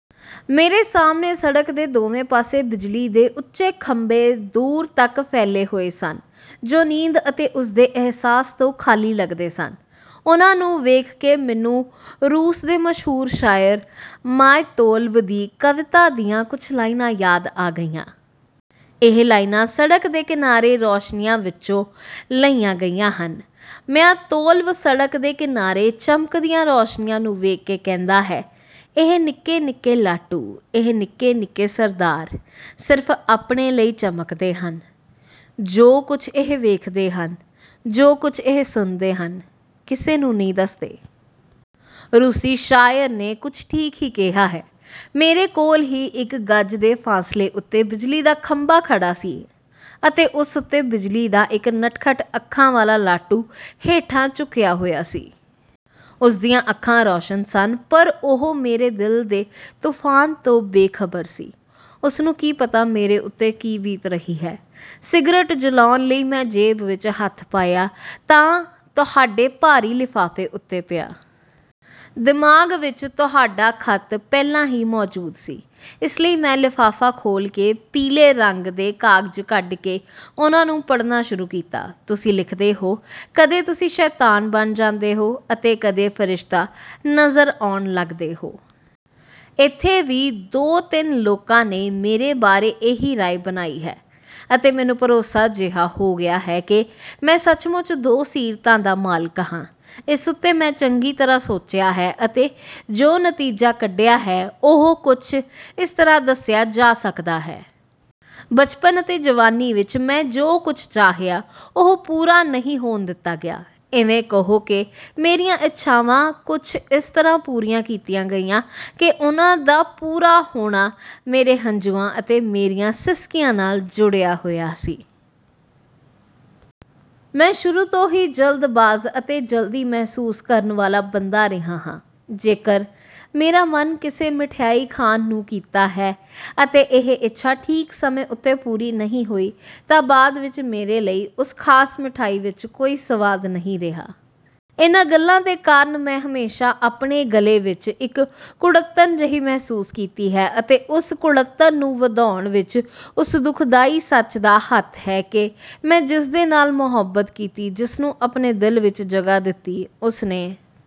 ਮੇਰੇ ਸਾਹਮਣੇ ਸੜਕ ਦੇ ਦੋਵੇਂ ਪਾਸੇ ਬਿਜਲੀ ਦੇ ਉੱਚੇ ਖੰਭੇ ਦੂਰ ਤੱਕ ਫੈਲੇ ਹੋਏ ਸਨ ਜੋ ਨੀਂਦ ਅਤੇ ਉਸਦੇ ਅਹਿਸਾਸ ਤੋਂ ਖਾਲੀ ਲੱਗਦੇ ਸਨ। ਉਨ੍ਹਾਂ ਨੂੰ ਵੇਖ ਕੇ ਮੈਨੂੰ ਰੂਸ ਦੇ ਮਸ਼ਹੂਰ ਸ਼ਾਇਰ ਮਯਾਤਲੋਵ ਦੀ ਕਵਿਤਾ ਦੀਆਂ ਕੁਝ ਲਾਈਨਾਂ ਯਾਦ ਆ ਗਈਆਂ। ਇਹ ਲਾਈਨਾਂ 'ਸੜਕ ਦੇ ਕਿਨਾਰੇ ਰੋਸ਼ਨੀਆਂ' ਵਿੱਚੋਂ ਲਈਆਂ ਗਈਆਂ ਹਨ। ਮਯਾਤਲੋਵ ਸੜਕ ਦੇ ਕਿਨਾਰੇ ਚਮਕਦੀਆਂ ਰੋਸ਼ਨੀਆਂ ਨੂੰ ਵੇਖ ਕੇ ਕਹਿੰਦਾ ਹੈ, ਇਹ ਨਿੱਕੇ-ਨਿੱਕੇ ਲਾਟੂ, ਇਹ ਨਿੱਕੇ-ਨਿੱਕੇ ਸਰਦਾਰ ਸਿਰਫ਼ ਆਪਣੇ ਲਈ ਚਮਕਦੇ ਹਨ। ਜੋ ਕੁਝ ਇਹ ਵੇਖਦੇ ਹਨ, ਜੋ ਕੁਝ ਇਹ ਸੁਣਦੇ ਹਨ ਕਿਸੇ ਨੂੰ ਨਹੀਂ ਦੱਸਦੇ। ਰੂਸੀ ਸ਼ਾਇਰ ਨੇ ਕੁਝ ਠੀਕ ਹੀ ਕਿਹਾ ਹੈ। ਮੇਰੇ ਕੋਲ ਹੀ ਇੱਕ ਗਜ਼ ਦੇ ਫਾਸਲੇ ਉੱਤੇ ਬਿਜਲੀ ਦਾ ਖੰਭਾ ਖੜ੍ਹਾ ਸੀ ਅਤੇ ਉਸ ਉੱਤੇ ਬਿਜਲੀ ਦਾ ਇੱਕ ਨਟਖਟ ਅੱਖਾਂ ਵਾਲਾ ਲਾਟੂ ਹੇਠਾਂ ਝੁਕਿਆ ਹੋਇਆ ਸੀ। ਉਸ ਦੀਆਂ ਅੱਖਾਂ ਰੌਸ਼ਨ ਸਨ ਪਰ ਉਹ ਮੇਰੇ ਦਿਲ ਦੇ ਤੂਫਾਨ ਤੋਂ ਬੇਖਬਰ ਸੀ। ਉਸਨੂੰ ਕੀ ਪਤਾ ਮੇਰੇ ਉੱਤੇ ਕੀ ਬੀਤ ਰਹੀ ਹੈ। ਸਿਗਰਟ ਜਲਾਉਣ ਲਈ ਮੈਂ ਜੇਬ ਵਿੱਚ ਹੱਥ ਪਾਇਆ ਤਾਂ ਤੁਹਾਡੇ ਭਾਰੀ ਲਿਫ਼ਾਫ਼ੇ ਉੱਤੇ ਪਿਆ। ਦਿਮਾਗ਼ ਵਿੱਚ ਤੁਹਾਡਾ ਖੱਤ ਪਹਿਲਾਂ ਹੀ ਮੌਜੂਦ ਸੀ। ਇਸ ਲਈ ਮੈਂ ਲਿਫ਼ਾਫ਼ਾ ਖੋਲ੍ਹ ਕੇ ਪੀਲੇ ਰੰਗ ਦੇ ਕਾਗ਼ਜ਼ ਕੱਢ ਕੇ ਉਨ੍ਹਾਂ ਨੂੰ ਪੜ੍ਹਨਾ ਸ਼ੁਰੂ ਕੀਤਾ। ਤੁਸੀਂ ਲਿਖਦੇ ਹੋ, "ਕਦੇ ਤੁਸੀਂ ਸ਼ੈਤਾਨ ਬਣ ਜਾਂਦੇ ਹੋ ਅਤੇ ਕਦੇ ਫਰਿਸ਼ਤਾ ਨਜ਼ਰ ਆਉਣ ਲੱਗਦੇ ਹੋ।" ਇੱਥੇ ਵੀ ਦੋ-ਤਿੰਨ ਲੋਕਾਂ ਨੇ ਮੇਰੇ ਬਾਰੇ ਇਹੀ ਰਾਏ ਬਣਾਈ ਹੈ ਅਤੇ ਮੈਨੂੰ ਭਰੋਸਾ ਜਿਹਾ ਹੋ ਗਿਆ ਹੈ ਕਿ ਮੈਂ ਸੱਚਮੁੱਚ ਦੋ ਸੀਰਤਾਂ ਦਾ ਮਾਲਿਕ ਹਾਂ। ਇਸ ਉੱਤੇ ਮੈਂ ਚੰਗੀ ਤਰ੍ਹਾਂ ਸੋਚਿਆ ਹੈ ਅਤੇ ਜੋ ਨਤੀਜਾ ਕੱਢਿਆ ਹੈ, ਉਹ ਕੁਝ ਇਸ ਤਰ੍ਹਾਂ ਦੱਸਿਆ ਜਾ ਸਕਦਾ ਹੈ। ਬਚਪਨ ਅਤੇ ਜਵਾਨੀ ਵਿੱਚ ਮੈਂ ਜੋ ਕੁਝ ਚਾਹਿਆ, ਉਹ ਪੂਰਾ ਨਹੀਂ ਹੋਣ ਦਿੱਤਾ ਗਿਆ। ਇਵੇਂ ਕਹੋ ਕਿ ਮੇਰੀਆਂ ਇੱਛਾਵਾਂ ਕੁਝ ਇਸ ਤਰ੍ਹਾਂ ਪੂਰੀਆਂ ਕੀਤੀਆਂ ਗਈਆਂ ਕਿ ਉਹਨਾਂ ਦਾ ਪੂਰਾ ਹੋਣਾ ਮੇਰੇ ਹੰਝੂਆਂ ਅਤੇ ਮੇਰੀਆਂ ਸਿਸਕੀਆਂ ਨਾਲ਼ ਜੁੜਿਆ ਹੋਇਆ ਸੀ। ਮੈਂ ਸ਼ੁਰੂ ਤੋਂ ਹੀ ਜਲਦਬਾਜ਼ ਅਤੇ ਜਲਦੀ ਮਹਿਸੂਸ ਕਰਨ ਵਾਲਾ ਬੰਦਾ ਰਿਹਾ ਹਾਂ। ਜੇਕਰ ਮੇਰਾ ਮਨ ਕਿਸੇ ਮਠਿਆਈ ਖਾਣ ਨੂੰ ਕੀਤਾ ਹੈ ਅਤੇ ਇਹ ਇੱਛਾ ਠੀਕ ਸਮੇਂ ਉੱਤੇ ਪੂਰੀ ਨਹੀਂ ਹੋਈ ਤਾਂ ਬਾਅਦ ਵਿੱਚ ਮੇਰੇ ਲਈ ਉਸ ਖ਼ਾਸ ਮਠਿਆਈ ਵਿੱਚ ਕੋਈ ਸਵਾਦ ਨਹੀਂ ਰਿਹਾ। ਇਨ੍ਹਾਂ ਗੱਲਾਂ ਦੇ ਕਾਰਨ ਮੈਂ ਹਮੇਸ਼ਾ ਆਪਣੇ ਗਲੇ ਵਿੱਚ ਇੱਕ ਕੁੜੱਤਣ ਜਿਹੀ ਮਹਿਸੂਸ ਕੀਤੀ ਹੈ ਅਤੇ ਉਸ ਕੁੜੱਤਣ ਨੂੰ ਵਧਾਉਣ ਵਿੱਚ ਉਸ ਦੁਖਦਾਈ ਸੱਚ ਦਾ ਹੱਥ ਹੈ ਕਿ ਮੈਂ ਜਿਸਦੇ ਨਾਲ਼ ਮੁਹੱਬਤ ਕੀਤੀ, ਜਿਸਨੂੰ ਆਪਣੇ ਦਿਲ ਵਿੱਚ ਜਗ੍ਹਾ ਦਿੱਤੀ, ਉਸਨੇ